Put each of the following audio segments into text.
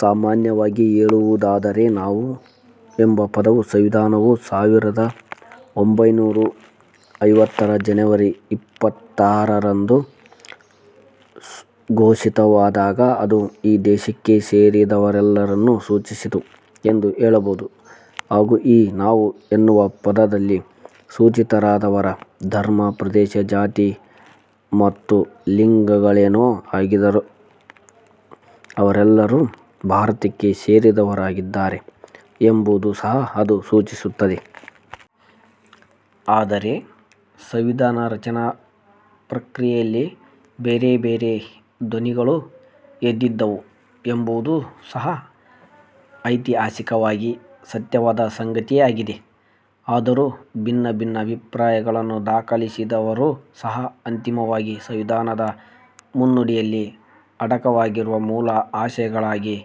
ಸಾಮಾನ್ಯವಾಗಿ ಹೇಳುವುದಾದರೆ 'ನಾವು' ಎಂಬ ಪದವು ಸಂವಿಧಾನವು ಸಾವಿರದ ಒಂಭೈನೂರ ಐವತ್ತರ ಜನವರಿ ಇಪ್ಪತ್ತಾರರಂದು ಘೋಷಿತವಾದಾಗ ಅದು ಈ ದೇಶಕ್ಕೆ ಸೇರಿದವರೆಲ್ಲರನ್ನೂ ಸೂಚಿಸಿತು ಎಂದು ಹೇಳಬಹುದು ಹಾಗೂ ಈ 'ನಾವು' ಎನ್ನುವ ಪದದಲ್ಲಿ ಸೂಚಿತರಾದವರ ಧರ್ಮ, ಪ್ರದೇಶ, ಜಾತಿ ಮತ್ತು ಲಿಂಗಗಳೇನೇ ಆಗಿದ್ದರೂ ಅವರೆಲ್ಲರೂ ಭಾರತಕ್ಕೆ ಸೇರಿದವರಾಗಿದ್ದಾರೆ ಎಂಬುದನ್ನೂ ಸಹ ಅದು ಸೂಚಿಸುತ್ತದೆ. ಆದರೆ ಸಂವಿಧಾನ ರಚನಾ ಪ್ರಕ್ರಿಯೆಯಲ್ಲಿ ಬೇರೆಬೇರೆ ಧ್ವನಿಗಳೂ ಎದ್ದಿದ್ದವು ಎಂಬುದೂ ಸಹ ಐತಿಹಾಸಿಕವಾಗಿ ಸತ್ಯವಾದ ಸಂಗತಿಯೇ ಆಗಿದೆ. ಆದರೂ ಭಿನ್ನಭಿನ್ನ ಅಭಿಪ್ರಾಯಗಳನ್ನು ದಾಖಲಿಸಿದವರೂ ಸಹ ಅಂತಿಮವಾಗಿ ಸಂವಿಧಾನದ ಮುನ್ನುಡಿಯಲ್ಲಿ ಅಡಕವಾಗಿರುವ ಮೂಲ ಆಶಯಗಳಾಗಿ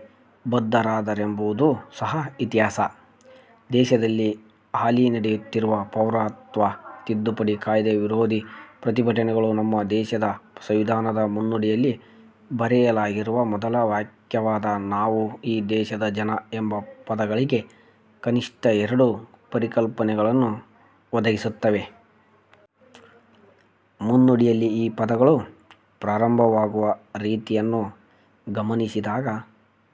ಬದ್ಧರಾದರೆಂಬುದೂ ಸಹ ಇತಿಹಾಸ. ದೇಶದಲ್ಲಿ ಹಾಲಿ ನಡೆಯುತ್ತಿರುವ ಪೌರತ್ವ ತಿದ್ದುಪಡಿ ಕಾಯ್ದೆ ವಿರೋಧಿ ಪ್ರತಿಭಟನೆಗಳು ನಮ್ಮ ದೇಶದ ಸಂವಿಧಾನದ ಮುನ್ನುಡಿಯಲ್ಲಿ ಬರೆಯಲಾಗಿರುವ ಮೊದಲ ವಾಕ್ಯವಾದ 'ನಾವು ಈ ದೇಶದ ಜನ' ಎಂಬ ಪದಗಳಿಗೆ ಕನಿಷ್ಠ ಎರಡು ಪರಿಕಲ್ಪನೆಗಳನ್ನು ಒದಗಿಸುತ್ತವೆ. ಮುನ್ನುಡಿಯಲ್ಲಿ ಈ ಪದಗಳು ಪ್ರಾರಂಭವಾಗುವ ರೀತಿಯನ್ನು ಗಮನಿಸಿದಾಗ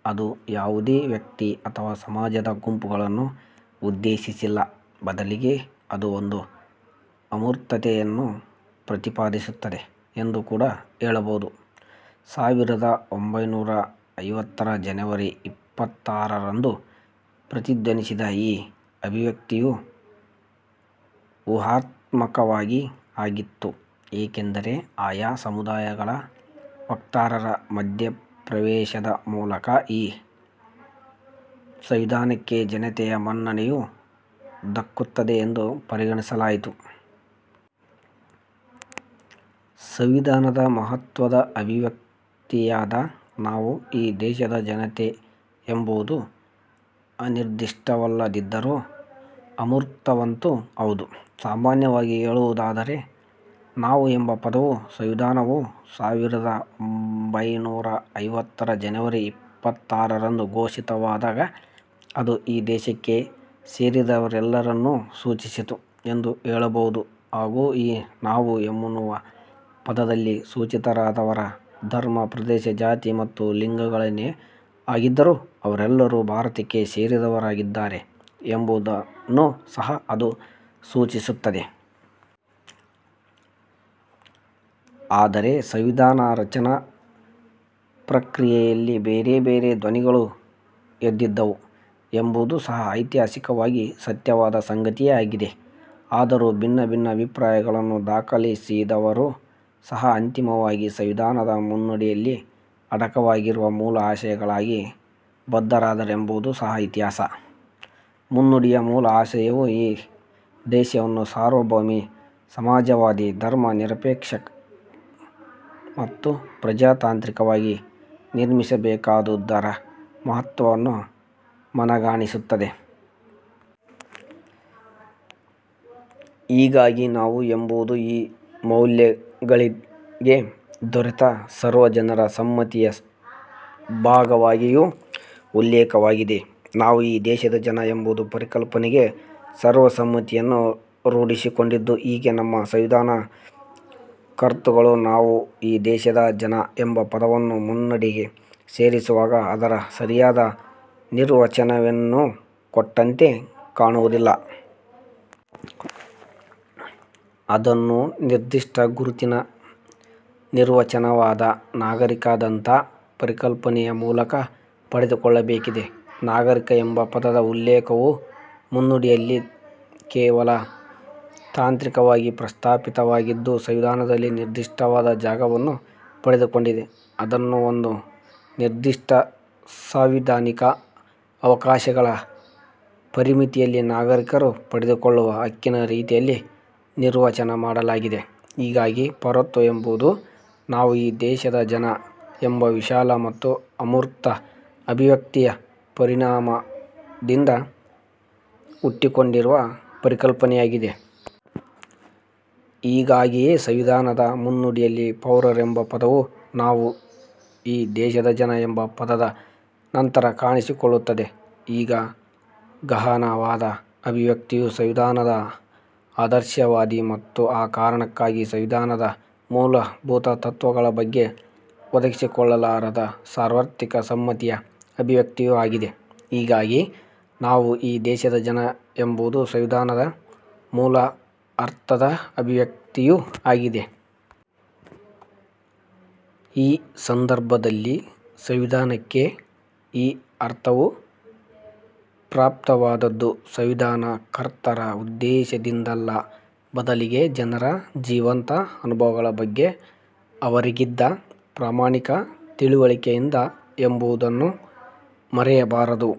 ಅದು ಯಾವುದೇ ವ್ಯಕ್ತಿ ಅಥವಾ ಸಮಾಜದ ಗುಂಪುಗಳನ್ನು ಉದ್ದೇಶಿಸಿಲ್ಲ. ಬದಲಿಗೆ ಅದು ಒಂದು ಅಮೂರ್ತತೆಯನ್ನು ಪ್ರತಿಪಾದಿಸುತ್ತದೆ ಎಂದು ಕೂಡ ಹೇಳಬಹುದು. ಸಾವಿರದ ಒಂಭೈನೂರ ಐವತ್ತರ ಜನವರಿ ಇಪ್ಪತ್ತಾರರಂದು ಪ್ರತಿಧ್ವನಿಸಿದ ಈ ಅಭಿವ್ಯಕ್ತಿಯು ಊಹಾತ್ಮಕವೂ ಆಗಿತ್ತು. ಏಕೆಂದರೆ ಆಯಾ ಸಮುದಾಯಗಳ ವಕ್ತಾರರ ಮಧ್ಯಪ್ರವೇಶದ ಮೂಲಕ ಈ ಸಂವಿಧಾನಕ್ಕೆ ಜನತೆಯ ಮನ್ನಣೆಯು ದಕ್ಕುತ್ತದೆ ಎಂದು ಪರಿಗಣಿಸಲಾಗಿತ್ತು. ಸಂವಿಧಾನದ ಮಹತ್ವದ ಅಭಿವ್ಯಕ್ತಿಯಾದ 'ನಾವು ಈ ದೇಶದ ಜನತೆ' ಎಂಬುದು ಅನಿರ್ದಿಷ್ಟವಲ್ಲದಿದ್ದರೂ ಅಮೂರ್ತವಂತೂ ಹೌದು. ಸಾಮಾನ್ಯವಾಗಿ ಹೇಳುವುದಾದರೆ 'ನಾವು' ಎಂಬ ಪದವು ಸಂವಿಧಾನವು ಸಾವಿರದ ಒಂಭೈನೂರ ಐವತ್ತರ ಜನವರಿ ಇಪ್ಪತ್ತಾರರಂದು ಘೋಷಿತವಾದಾಗ ಅದು ಈ ದೇಶಕ್ಕೆ ಸೇರಿದವರೆಲ್ಲರನ್ನೂ ಸೂಚಿಸಿತು ಎಂದು ಹೇಳಬಹುದು ಹಾಗೂ ಈ 'ನಾವು' ಎನ್ನುವ ಪದದಲ್ಲಿ ಸೂಚಿತರಾದವರ ಧರ್ಮ, ಪ್ರದೇಶ, ಜಾತಿ ಮತ್ತು ಲಿಂಗಗಳೇನೇ ಆಗಿದ್ದರೂ ಅವರೆಲ್ಲರೂ ಭಾರತಕ್ಕೆ ಸೇರಿದವರಾಗಿದ್ದಾರೆ ಎಂಬುದನ್ನೂ ಸಹ ಅದು ಸೂಚಿಸುತ್ತದೆ. ಆದರೆ ಸಂವಿಧಾನ ರಚನಾ ಪ್ರಕ್ರಿಯೆಯಲ್ಲಿ ಬೇರೆಬೇರೆ ಧ್ವನಿಗಳೂ ಎದ್ದಿದ್ದವು ಎಂಬುದೂ ಸಹ ಐತಿಹಾಸಿಕವಾಗಿ ಸತ್ಯವಾದ ಸಂಗತಿಯೇ ಆಗಿದೆ. ಆದರೂ ಭಿನ್ನಭಿನ್ನ ಅಭಿಪ್ರಾಯಗಳನ್ನು ದಾಖಲಿಸಿದವರೂ ಸಹ ಅಂತಿಮವಾಗಿ ಸಂವಿಧಾನದ ಮುನ್ನುಡಿಯಲ್ಲಿ ಅಡಕವಾಗಿರುವ ಮೂಲ ಆಶಯಗಳಾಗಿ ಬದ್ಧರಾದರೆಂಬುದೂ ಸಹ ಇತಿಹಾಸ. ಮುನ್ನುಡಿಯ ಮೂಲ ಆಶಯವು ಈ ದೇಶವನ್ನು ಸಾರ್ವಭೌಮಿ, ಸಮಾಜವಾದಿ, ಧರ್ಮ ನಿರಪೇಕ್ಷ ಮತ್ತು ಪ್ರಜಾತಾಂತ್ರಿಕವಾಗಿ ನಿರ್ಮಿಸಬೇಕಾದುದರ ಮಹತ್ವವನ್ನು ಮನಗಾಣಿಸುತ್ತದೆ. ಹೀಗಾಗಿ 'ನಾವು' ಎಂಬುದು ಈ ಮೌಲ್ಯಗಳಿಗೆ ದೊರೆತ ಸರ್ವಜನರ ಸಮ್ಮತಿಯ ಭಾಗವಾಗಿಯೂ ಉಲ್ಲೇಖವಾಗಿದೆ. 'ನಾವು ಈ ದೇಶದ ಜನ' ಎಂಬ ಪರಿಕಲ್ಪನೆಗೆ ಸರ್ವಸಮ್ಮತಿಯನ್ನು ರೂಢಿಸಿಕೊಂಡಿದ್ದು ಹೀಗೆ. ನಮ್ಮ ಸಂವಿಧಾನ ಕರ್ತೃಗಳು 'ನಾವು ಈ ದೇಶದ ಜನ' ಎಂಬ ಪದವನ್ನು ಮುನ್ನುಡಿಗೆ ಸೇರಿಸುವಾಗ ಅದರ ಸರಿಯಾದ ನಿರ್ವಚನವನ್ನೇನೂ ಕೊಟ್ಟಂತೆ ಕಾಣುವುದಿಲ್ಲ. ಅದನ್ನು ನಿರ್ದಿಷ್ಟ ಗುರುತಿನ ನಿರ್ವಚನವಾದ 'ನಾಗರಿಕ'ದಂಥ ಪರಿಕಲ್ಪನೆಯ ಮೂಲಕ ಪಡೆದುಕೊಳ್ಳಬೇಕಿದೆ. 'ನಾಗರಿಕ' ಎಂಬ ಪದದ ಉಲ್ಲೇಖವು ಮುನ್ನುಡಿಯಲ್ಲಿ ಕೇವಲ ತಾಂತ್ರಿಕವಾಗಿ ಪ್ರಸ್ತಾಪಿತವಾಗಿದ್ದು ಸಂವಿಧಾನದಲ್ಲಿ ನಿರ್ದಿಷ್ಟವಾದ ಜಾಗವನ್ನು ಪಡೆದುಕೊಂಡಿದೆ. ಅದನ್ನು ಒಂದು ನಿರ್ದಿಷ್ಟ ಸಾಂವಿಧಾನಿಕ ಅವಕಾಶಗಳ ಪರಿಮಿತಿಯಲ್ಲಿ ನಾಗರಿಕರು ಪಡೆದುಕೊಳ್ಳುವ ಹಕ್ಕಿನ ರೀತಿಯಲ್ಲಿ ನಿರ್ವಚನ ಮಾಡಲಾಗಿದೆ. ಹೀಗಾಗಿ ಪೌರತ್ವವೆಂಬುದು ''ನಾವು ಈ ದೇಶದ ಜನ'' ಎಂಬ ವಿಶಾಲ ಮತ್ತು ಅಮೂರ್ತ ಅಭಿವ್ಯಕ್ತಿಯ ಪರಿಣಾಮದಿಂದ ಹುಟ್ಟಿಕೊಂಡಿರುವ ಪರಿಕಲ್ಪನೆಯಾಗಿದೆ. ಹೀಗಾಗಿಯೇ ಸಂವಿಧಾನದ ಮುನ್ನುಡಿಯಲ್ಲಿ ಪೌರರೆಂಬ ಪದವು ''ನಾವು ಈ ದೇಶದ ಜನ'' ಎಂಬ ಪದದ ನಂತರ ಕಾಣಿಸಿಕೊಳ್ಳುತ್ತದೆ. ಈ ಗಹನವಾದ ಅಭಿವ್ಯಕ್ತಿಯು ಸಂವಿಧಾನದ ಆದರ್ಶವಾದಿ ಮತ್ತು ಆ ಕಾರಣಕ್ಕಾಗಿ ಸಂವಿಧಾನದ ಮೂಲಭೂತ ತತ್ವಗಳ ಬಗ್ಗೆ ಒದಗಿಸಿಕೊಳ್ಳಲಾದ ಸಾರ್ವತ್ರಿಕ ಸಮ್ಮತಿಯ ಅಭಿವ್ಯಕ್ತಿಯೂ ಆಗಿದೆ. ಹೀಗಾಗಿ ''ನಾವು ಈ ದೇಶದ ಜನ'' ಎಂಬುದು ಸಂವಿಧಾನದ ಮೂಲ ಅರ್ಥದ ಅಭಿವ್ಯಕ್ತಿಯೂ ಆಗಿದೆ. ಈ ಸಂದರ್ಭದಲ್ಲಿ ಸಂವಿಧಾನಕ್ಕೆ ಈ ಅರ್ಥವು ಪ್ರಾಪ್ತವಾದದ್ದು ಸಂವಿಧಾನ ಕರ್ತರ ಉದ್ದೇಶದಿಂದಲ್ಲ, ಬದಲಿಗೆ ಜನರ ಜೀವಂತ ಅನುಭವಗಳ ಬಗ್ಗೆ ಅವರಿಗಿದ್ದ ಪ್ರಾಮಾಣಿಕ ತಿಳಿವಳಿಕೆಯಿಂದ ಎಂಬುದನ್ನು ಮರೆಯಬಾರದು.